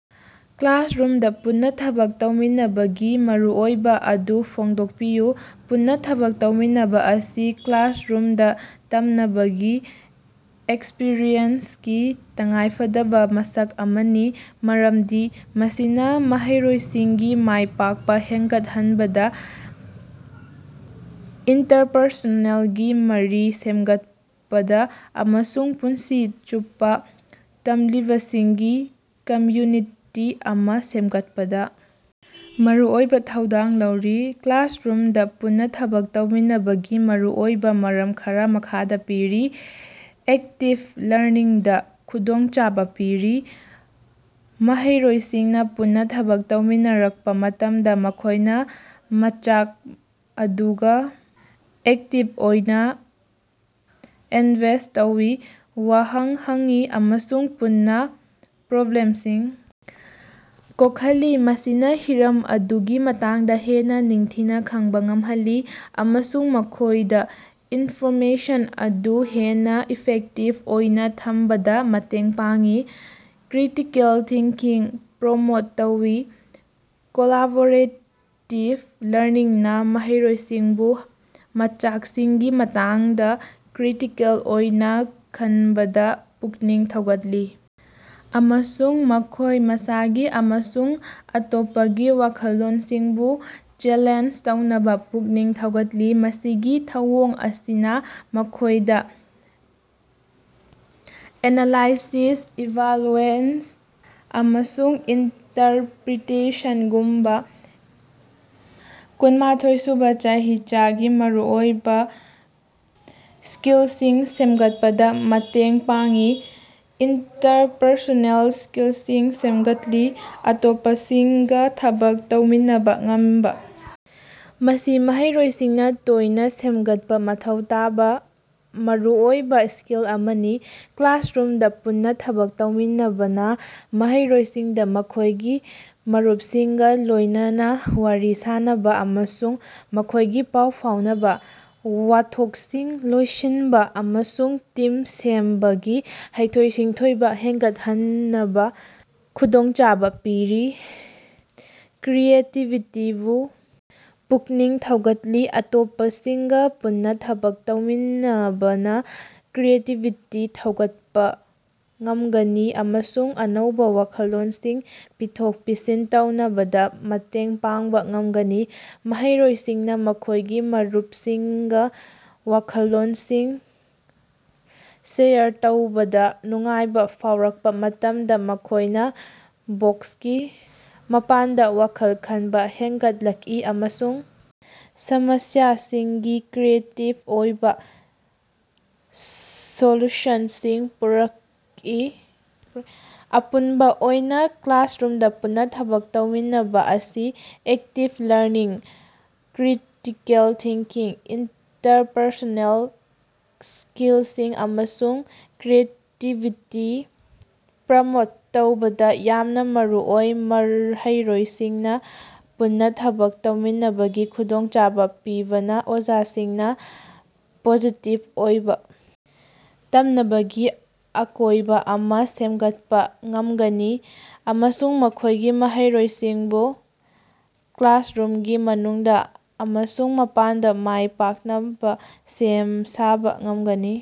ꯀ꯭ꯂꯥꯁꯔꯨꯝꯗ ꯄꯨꯟꯅ ꯊꯕꯛ ꯇꯧꯃꯤꯟꯅꯕꯒꯤ ꯃꯔꯨꯑꯣꯏꯕ ꯑꯗꯨ ꯐꯣꯡꯗꯣꯛꯄꯤꯌꯨ꯫ ꯄꯨꯟꯅ ꯊꯕꯛ ꯇꯧꯃꯤꯟꯅꯕ ꯑꯁꯤ ꯀ꯭ꯂꯥꯁꯔꯨꯝꯗ ꯇꯝꯅꯕꯒꯤ ꯑꯦꯛꯁꯄꯤꯔꯤꯌꯦꯟꯁꯀꯤ ꯇꯉꯥꯏꯐꯗꯕ ꯃꯁꯛ ꯑꯃꯅꯤ꯫ ꯃꯔꯝꯗꯤ ꯃꯁꯤꯅ ꯃꯍꯩꯔꯣꯏꯁꯤꯡꯒꯤ ꯃꯥꯏ ꯄꯥꯛꯄ ꯍꯦꯟꯒꯠꯍꯟꯕꯗ, ꯏꯟꯇꯔꯄꯔꯁꯣꯅꯦꯜꯒꯤ ꯃꯔꯤ ꯁꯦꯝꯒꯠꯄꯗ ꯑꯃꯁꯨꯡ ꯄꯨꯟꯁꯤ ꯆꯨꯞꯄ ꯇꯝꯂꯤꯕꯁꯤꯡꯒꯤ ꯀꯝꯃ꯭ꯌꯨꯅꯤꯇꯤ ꯑꯃ ꯁꯦꯝꯒꯠꯄꯗ ꯃꯔꯨꯑꯣꯏꯕ ꯊꯧꯗꯥꯡ ꯂꯧꯔꯤ꯫ ꯀ꯭ꯂꯥꯁꯔꯨꯝꯗ ꯄꯨꯟꯅ ꯊꯕꯛ ꯇꯧꯃꯤꯟꯅꯕꯒꯤ ꯃꯔꯨꯑꯣꯏꯕ ꯃꯔꯝ ꯈꯔ ꯃꯈꯥꯗ ꯄꯤꯔꯤ:- ꯑꯦꯛꯇꯤꯚ ꯂꯔꯅꯤꯡꯗ ꯈꯨꯗꯣꯡꯆꯥꯕ ꯄꯤꯔꯤ: ꯃꯍꯩꯔꯣꯏꯁꯤꯡꯅ ꯄꯨꯟꯅ ꯊꯕꯛ ꯇꯧꯃꯤꯟꯅꯔꯛꯄ ꯃꯇꯝꯗ ꯃꯈꯣꯏꯅ ꯃꯆꯥꯛ ꯑꯗꯨꯒ ꯑꯦꯛꯇꯤꯚ ꯑꯣꯏꯅ ꯑꯦꯟꯒꯦꯖ ꯇꯧꯏ꯫ ꯋꯥꯍꯪ ꯍꯪꯉꯤ ꯑꯃꯁꯨꯡ ꯄꯨꯟꯅ ꯄ꯭ꯔꯣꯕ꯭ꯂꯦꯝꯁꯤꯡ ꯀꯣꯛꯍꯜꯂꯤ꯫ ꯃꯁꯤꯅ ꯍꯤꯔꯝ ꯑꯗꯨꯒꯤ ꯃꯇꯥꯡꯗ ꯍꯦꯟꯅ ꯅꯤꯡꯊꯤꯅ ꯈꯪꯕ ꯉꯝꯍꯜꯂꯤ ꯑꯃꯁꯨꯡ ꯃꯈꯣꯏꯗ ꯏꯟꯐꯣꯔꯃꯦꯁꯟ ꯑꯗꯨ ꯍꯦꯟꯅ ꯏꯐꯦꯛꯇꯤꯚ ꯑꯣꯏꯅ ꯊꯝꯕꯗ ꯃꯇꯦꯡ ꯄꯥꯡꯉꯤ꯫ ꯀ꯭ꯔꯤꯇꯤꯀꯦꯜ ꯊꯤꯡꯀꯤꯡ ꯄ꯭ꯔꯣꯃꯣꯠ ꯇꯧꯏ: ꯀꯣꯂꯥꯕꯣꯔꯦꯇꯤꯚ ꯂꯔꯅꯤꯡꯅ ꯃꯍꯩꯔꯣꯏꯁꯤꯡꯕꯨ ꯃꯆꯥꯛꯁꯤꯡꯒꯤ ꯃꯇꯥꯡꯗ ꯀ꯭ꯔꯤꯇꯤꯀꯦꯜ ꯑꯣꯏꯅ ꯈꯟꯕꯗ ꯄꯨꯛꯅꯤꯡ ꯊꯧꯒꯠꯂꯤ ꯑꯃꯁꯨꯡ ꯃꯈꯣꯏ ꯃꯁꯥꯒꯤ ꯑꯃꯁꯨꯡ ꯑꯇꯣꯞꯄꯒꯤ ꯋꯥꯈꯜꯂꯣꯟꯁꯤꯡꯕꯨ ꯆꯦꯂꯦꯟꯖ ꯇꯧꯅꯕ ꯄꯨꯛꯅꯤꯡ ꯊꯧꯒꯠꯂꯤ꯫ ꯃꯁꯤꯒꯤ ꯊꯧꯑꯣꯡ ꯑꯁꯤꯅ ꯃꯈꯣꯏꯗ ꯑꯦꯅꯂꯥꯏꯁꯤꯁ, ꯏꯚꯥꯂꯨꯑꯦꯁꯟ ꯑꯃꯁꯨꯡ ꯏꯟꯇꯔꯄ꯭ꯔꯤꯇꯦꯁꯟꯒꯨꯝꯕ ꯀꯨꯟꯃꯊꯣꯏ ꯁꯨꯕ ꯆꯍꯤꯆꯥꯒꯤ ꯃꯔꯨꯑꯣꯏꯕ ꯁ꯭ꯀꯤꯜꯁꯤꯡ ꯁꯦꯝꯒꯠꯄꯗ ꯃꯇꯦꯡ ꯄꯥꯡꯉꯤ꯫ ꯏꯟꯇꯔꯄꯔꯁꯣꯅꯦꯜ ꯁ꯭ꯀꯤꯜꯁꯤꯡ ꯁꯦꯝꯒꯠꯂꯤ: ꯑꯇꯣꯞꯄꯁꯤꯡꯒ ꯊꯕꯛ ꯇꯧꯃꯤꯟꯅꯕ ꯉꯝꯕ ꯑꯁꯤ ꯃꯍꯩꯔꯣꯏꯁꯤꯡꯅ ꯇꯣꯏꯅ ꯁꯦꯝꯒꯠꯄ ꯃꯊꯧ ꯇꯥꯕ ꯃꯔꯨꯑꯣꯏꯕ ꯁ꯭ꯀꯤꯜ ꯑꯃꯅꯤ꯫ ꯀ꯭ꯂꯥꯁꯔꯨꯝꯗ ꯄꯨꯟꯅ ꯊꯕꯛ ꯇꯧꯃꯤꯟꯅꯕꯅ ꯃꯍꯩꯔꯣꯏꯁꯤꯡꯗ ꯃꯈꯣꯏꯒꯤ ꯃꯔꯨꯞꯁꯤꯡꯒ ꯂꯣꯏꯅꯅ ꯋꯥꯔꯤ ꯁꯥꯟꯅꯕ ꯑꯃꯁꯨꯡ ꯃꯈꯣꯏꯒꯤ ꯄꯥꯎ ꯐꯥꯎꯅꯕ, ꯋꯥꯊꯣꯛꯁꯤꯡ ꯂꯣꯏꯁꯤꯟꯕ ꯑꯃꯁꯨꯡ ꯇꯤꯝ ꯁꯦꯝꯕꯒꯤ ꯍꯩꯊꯣꯏ-ꯁꯤꯡꯊꯣꯏꯕ ꯍꯦꯟꯒꯠꯍꯟꯅꯕ ꯈꯨꯗꯣꯡꯆꯥꯕ ꯄꯤꯔꯤ꯫ ꯀ꯭ꯔꯤꯌꯦꯇꯤꯚꯤꯇꯤꯕꯨ ꯄꯨꯛꯅꯤꯡ ꯊꯧꯒꯠꯂꯤ: ꯑꯇꯣꯞꯄꯁꯤꯡꯒ ꯄꯨꯟꯅ ꯊꯕꯛ ꯇꯧꯃꯤꯟꯅꯕꯅ ꯀ꯭ꯔꯤꯌꯦꯇꯤꯚꯤꯇꯤ ꯊꯧꯒꯠꯄ ꯉꯝꯒꯅꯤ ꯑꯃꯁꯨꯡ ꯑꯅꯧꯕ ꯋꯥꯈꯜꯂꯣꯟꯁꯤꯡ ꯄꯤꯊꯣꯛ-ꯄꯤꯁꯤꯟ ꯇꯧꯅꯕꯗ ꯃꯇꯦꯡ ꯄꯥꯡꯕ ꯉꯝꯒꯅꯤ꯫ ꯃꯍꯩꯔꯣꯏꯁꯤꯡꯅ ꯃꯈꯣꯏꯒꯤ ꯃꯔꯨꯞꯁꯤꯡꯒ ꯋꯥꯈꯜꯂꯣꯟꯁꯤꯡ ꯁꯦꯌꯔ ꯇꯧꯕꯗ ꯅꯨꯡꯉꯥꯏꯕ ꯐꯥꯎꯔꯛꯄ ꯃꯇꯝꯗ ꯃꯈꯣꯏꯅ ꯕꯣꯛꯁꯀꯤ ꯃꯄꯥꯟꯗ ꯋꯥꯈꯜ ꯈꯟꯕ ꯍꯦꯟꯒꯠꯂꯛꯏ ꯑꯃꯁꯨꯡ ꯁꯃꯁ꯭ꯌꯥꯁꯤꯡꯒꯤ ꯀ꯭ꯔꯤꯌꯦꯇꯤꯚ ꯑꯣꯏꯕ ꯁꯣꯂ꯭ꯌꯨꯁꯟꯁꯤꯡ ꯄꯨꯔꯛꯏ꯫ ꯑꯄꯨꯟꯕ ꯑꯣꯏꯅ, ꯀ꯭ꯂꯥꯁꯔꯨꯝꯗ ꯄꯨꯟꯅ ꯊꯕꯛ ꯇꯧꯃꯤꯟꯅꯕ ꯑꯁꯤ active learning, critical thinking, interpersonal ꯁ꯭ꯀꯤꯜꯁꯤꯡ ꯑꯃꯁꯨꯡ ꯀ꯭ꯔꯤꯌꯦꯇꯤꯚꯤꯇꯤ ꯄ꯭ꯔꯃꯣꯠ ꯇꯧꯕꯗ ꯌꯥꯝꯅ ꯃꯔꯨꯑꯣꯏ꯫ ꯃꯍꯩꯔꯣꯏꯁꯤꯡꯅ ꯄꯨꯟꯅ ꯊꯕꯛ ꯇꯧꯃꯤꯟꯅꯕꯒꯤ ꯈꯨꯗꯣꯡꯆꯥꯕ ꯄꯤꯕꯅ ꯑꯣꯖꯥꯁꯤꯡꯅ ꯄꯣꯖꯤꯇꯤꯚ ꯑꯣꯏꯕ ꯇꯝꯅꯕꯒꯤ ꯑꯀꯣꯏꯕ ꯑꯃ ꯁꯦꯝꯒꯠꯄ ꯉꯝꯒꯅꯤ ꯑꯃꯁꯨꯡ ꯃꯈꯣꯏꯒꯤ ꯃꯍꯩꯔꯣꯏꯁꯤꯡꯕꯨ ꯀ꯭ꯂꯥꯁꯔꯨꯝꯒꯤ ꯃꯅꯨꯡꯗ ꯑꯃꯁꯨꯡ ꯃꯄꯥꯟꯗ ꯃꯥꯏ ꯄꯥꯛꯅꯕ ꯁꯦꯝ ꯁꯥꯕ ꯉꯝꯒꯅꯤ꯫